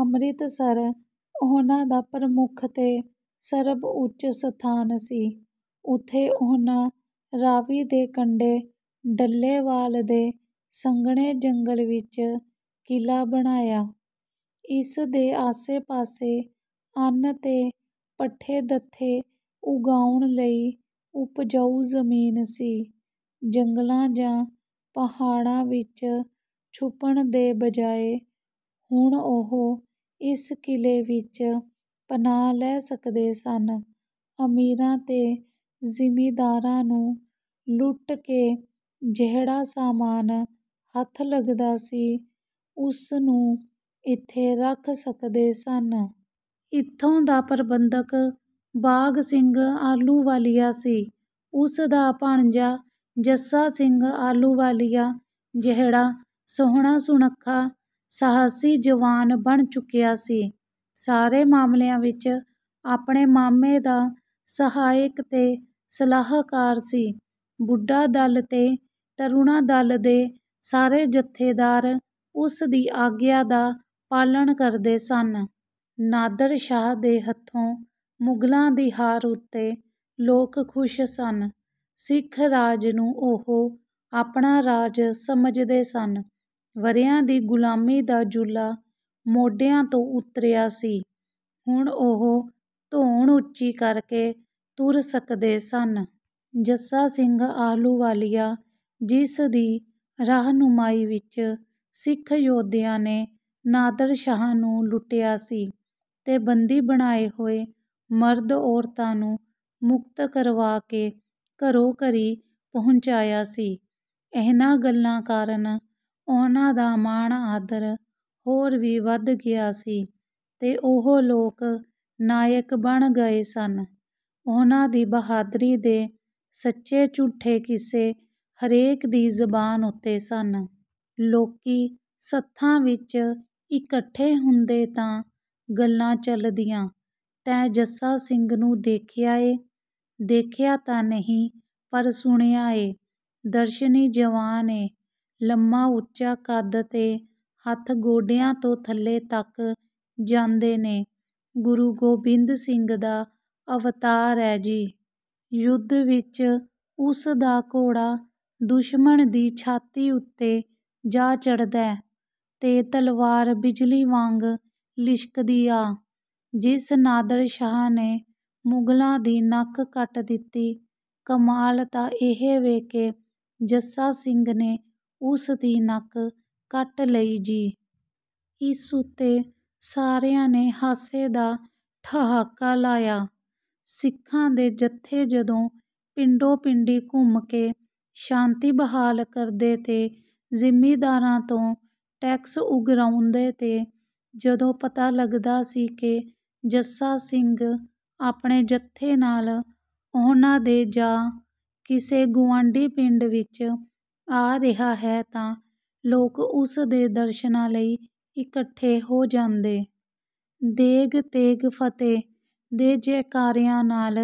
ਅੰਮ੍ਰਿਤਸਰ ਉਹਨਾਂ ਦਾ ਪ੍ਰਮੁੱਖ ਤੇ ਸਰਬਉੱਚ ਸਥਾਨ ਸੀ। ਉੱਥੇ ਉਹਨਾਂ ਰਾਵੀ ਦੇ ਕੰਢੇ ਡੱਲੇਵਾਲ ਦੇ ਸੰਘਣੇ ਜੰਗਲ ਵਿੱਚ ਕਿਲਾ ਬਣਾਇਆ, ਇਸ ਦੇ ਆਸੇ-ਪਾਸੇ ਅੰਨ ਤੇ ਪੱਠੇ-ਦੱਥੇ ਉਗਾਉਣ ਲਈ ਉਪਜਾਊ ਜ਼ਮੀਨ ਸੀ। ਜੰਗਲਾਂ ਜਾਂ ਪਹਾੜਾਂ ਵਿੱਚ ਛੁਪਣ ਦੇ ਬਜਾਏ ਹੁਣ ਉਹ ਇਸ ਕਿਲੇ ਵਿੱਚ ਪਨਾਹ ਲੈ ਸਕਦੇ ਸਨ, ਅਮੀਰਾਂ ਤੇ ਜ਼ਿਮੀਂਦਾਰਾਂ ਨੂੰ ਲੁੱਟ ਕੇ ਜਿਹੜਾ ਸਾਮਾਨ ਹੱਥ ਲੱਗਦਾ ਸੀ ਉਸਨੂੰ ਇੱਥੇ ਰੱਖ ਸਕਦੇ ਸਨ। ਇੱਥੋਂ ਦਾ ਪ੍ਰਬੰਧਕ ਬਾਘ ਸਿੰਘ ਆਹਲੂਵਾਲੀਆ ਸੀ। ਉਸ ਦਾ ਭਾਣਜਾ ਜੱਸਾ ਸਿੰਘ ਆਹਲੂਵਾਲੀਆ ਜਿਹੜਾ ਸੋਹਣਾ-ਸੁਣੱਖਾ, ਸਾਹਸੀ ਜਵਾਨ ਬਣ ਚੁੱਕਿਆ ਸੀ ਸਾਰੇ ਮਾਮਲਿਆਂ ਵਿੱਚ ਆਪਣੇ ਮਾਮੇ ਦਾ ਸਹਾਇਕ ਤੇ ਸਲਾਹਕਾਰ ਸੀ। ਬੁੱਢਾ-ਦਲ ਤੇ ਤਰੁਣਾ-ਦਲ ਦੇ ਸਾਰੇ ਜੱਥੇਦਾਰ ਉਸਦੀ ਆਗਿਆ ਦਾ ਪਾਲਣ ਕਰਦੇ ਸਨ। ਨਾਦਰ ਸ਼ਾਹ ਦੇ ਹੱਥੋਂ ਮੁਗਲਾਂ ਦੀ ਹਾਰ ਉੱਤੇ ਲੋਕ ਖੁਸ਼ ਸਨ। ਸਿੱਖ ਰਾਜ ਨੂੰ ਉਹ ਆਪਣਾ ਰਾਜ ਸਮਝਦੇ ਸਨ। ਵਰ੍ਹਿਆਂ ਦੀ ਗ਼ੁਲਾਮੀ ਦਾ ਜੂਲਾ ਮੋਢਿਆਂ ਤੋਂ ਉਤਰਿਆ ਸੀ। ਹੁਣ ਉਹ ਧੌਣ ਉੱਚੀ ਕਰਕੇ ਤੁਰ ਸਕਦੇ ਸਨ। ਜੱਸਾ ਸਿੰਘ ਆਹਲੂਵਾਲੀਆ ਜਿਸ ਦੀ ਰਾਹਨੁਮਾਈ ਵਿੱਚ ਸਿੱਖ ਯੋਧਿਆਂ ਨੇ ਨਾਦਰ ਸ਼ਾਹ ਨੂੰ ਲੁੱਟਿਆ ਸੀ ਤੇ ਬੰਦੀ ਬਣਾਏ ਹੋਏ ਮਰਦ-ਔਰਤਾਂ ਨੂੰ ਮੁਕਤ ਕਰਵਾ ਕੇ ਘਰੋ-ਘਰੀ ਪਹੁੰਚਾਇਆ ਸੀ। ਇਹਨਾਂ ਗੱਲਾਂ ਕਾਰਨ ਉਹਨਾਂ ਦਾ ਮਾਣ-ਆਦਰ ਹੋਰ ਵੀ ਵਧ ਗਿਆ ਸੀ ਤੇ ਉਹ ਲੋਕ ਨਾਇਕ ਬਣ ਗਏ ਸਨ, ਉਹਨਾਂ ਦੀ ਬਹਾਦਰੀ ਦੇ ਸੱਚੇ-ਝੂਠੇ ਕਿੱਸੇ ਹਰੇਕ ਦੀ ਜ਼ਬਾਨ ਉੱਤੇ ਸਨ। ਲੋਕੀਂ ਸੱਥਾਂ ਵਿੱਚ ਇਕੱਠੇ ਹੁੰਦੇ ਤਾਂ ਗੱਲਾਂ ਚੱਲਦੀਆਂ, "ਤੈਂ ਜੱਸਾ ਸਿੰਘ ਨੂੰ ਦੇਖਿਆ ਏ?" "ਦੇਖਿਆ ਤਾਂ ਨਹੀਂ, ਪਰ ਸੁਣਿਆਂ ਏਂ, ਦਰਸ਼ਨੀ-ਜਵਾਨ ਏਂ। ਲੰਮਾ-ਉੱਚਾ ਕੱਦ ਤੇ ਹੱਥ ਗੋਡਿਆਂ ਤੋਂ ਥੱਲੇ ਤੱਕ ਜਾਂਦੇ ਨੇ। ਗੁਰੂ ਗੋਬਿੰਦ ਸਿੰਘ ਦਾ ਅਵਤਾਰ ਐ ਜੀ। ਯੁੱਧ ਵਿੱਚ ਉਸ ਦਾ ਘੋੜਾ ਦੁਸ਼ਮਣ ਦੀ ਛਾਤੀ ਉੱਤੇ ਜਾ ਚੜ੍ਹਦੈ ਤੇ ਤਲਵਾਰ ਬਿਜਲੀ ਵਾਂਗ ਲਿਸ਼ਕਦੀ ਆ। ਜਿਸ ਨਾਦਰ ਸ਼ਾਹ ਨੇ ਮੁਗਲਾਂ ਦੀ ਨੱਕ ਕੱਟ ਦਿੱਤੀ, ਕਮਾਲ ਤਾਂ ਇਹ ਵੇ ਕਿ ਜੱਸਾ ਸਿੰਘ ਨੇ ਉਸਦੀ ਨੱਕ ਕੱਟ ਲਈ ਜੀ।" ਇਸ ਉੱਤੇ ਸਾਰਿਆਂ ਨੇ ਹਾਸੇ ਦਾ ਠਹਾਕਾ ਲਾਇਆ। ਸਿੱਖਾਂ ਦੇ ਜੱਥੇ ਜਦੋਂ ਪਿੰਡੋ-ਪਿੰਡੀ ਘੁੰਮ ਕੇ ਸ਼ਾਂਤੀ ਬਹਾਲ ਕਰਦੇ ਤੇ ਜ਼ਿਮੀਂਦਾਰਾਂ ਤੋਂ ਟੈਕਸ ਉਗਰਾਉਂਦੇ ਤੇ ਜਦੋਂ ਪਤਾ ਲੱਗਦਾ ਸੀ ਕਿ ਜੱਸਾ ਸਿੰਘ ਆਪਣੇ ਜੱਥੇ ਨਾਲ ਉਹਨਾਂ ਦੇ ਜਾਂ ਕਿਸੇ ਗੁਆਂਢੀ ਪਿੰਡ ਵਿੱਚ ਆ ਰਿਹਾ ਹੈ ਤਾਂ ਲੋਕ ਉਸਦੇ ਦਰਸ਼ਨਾਂ ਲਈ ਇਕੱਠੇ ਹੋ ਜਾਂਦੇ। 'ਦੇਗ ਤੇਗ ਫਤਿਹ' ਦੇ ਜੈਕਾਰਿਆਂ ਨਾਲ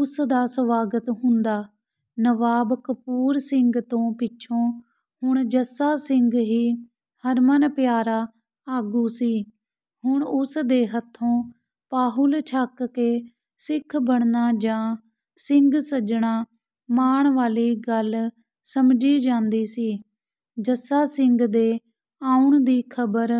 ਉਸਦਾ ਸਵਾਗਤ ਹੁੰਦਾ। ਨਵਾਬ ਕਪੂਰ ਸਿੰਘ ਤੋਂ ਪਿੱਛੋਂ ਹੁਣ ਜੱਸਾ ਸਿੰਘ ਹੀ ਹਰਮਨ ਪਿਆਰਾ ਆਗੂ ਸੀ। ਹੁਣ ਉਸਦੇ ਹੱਥੋਂ ਪਾਹੁਲ ਛਕ ਕੇ ਸਿੱਖ ਬਣਨਾ ਜਾਂ ਸਿੰਘ ਸੱਜਣਾ ਮਾਣ ਵਾਲੀ ਗੱਲ ਸਮਝੀ ਜਾਂਦੀ ਸੀ। ਜੱਸਾ ਸਿੰਘ ਦੇ ਆਉਣ ਦੀ ਖਬਰ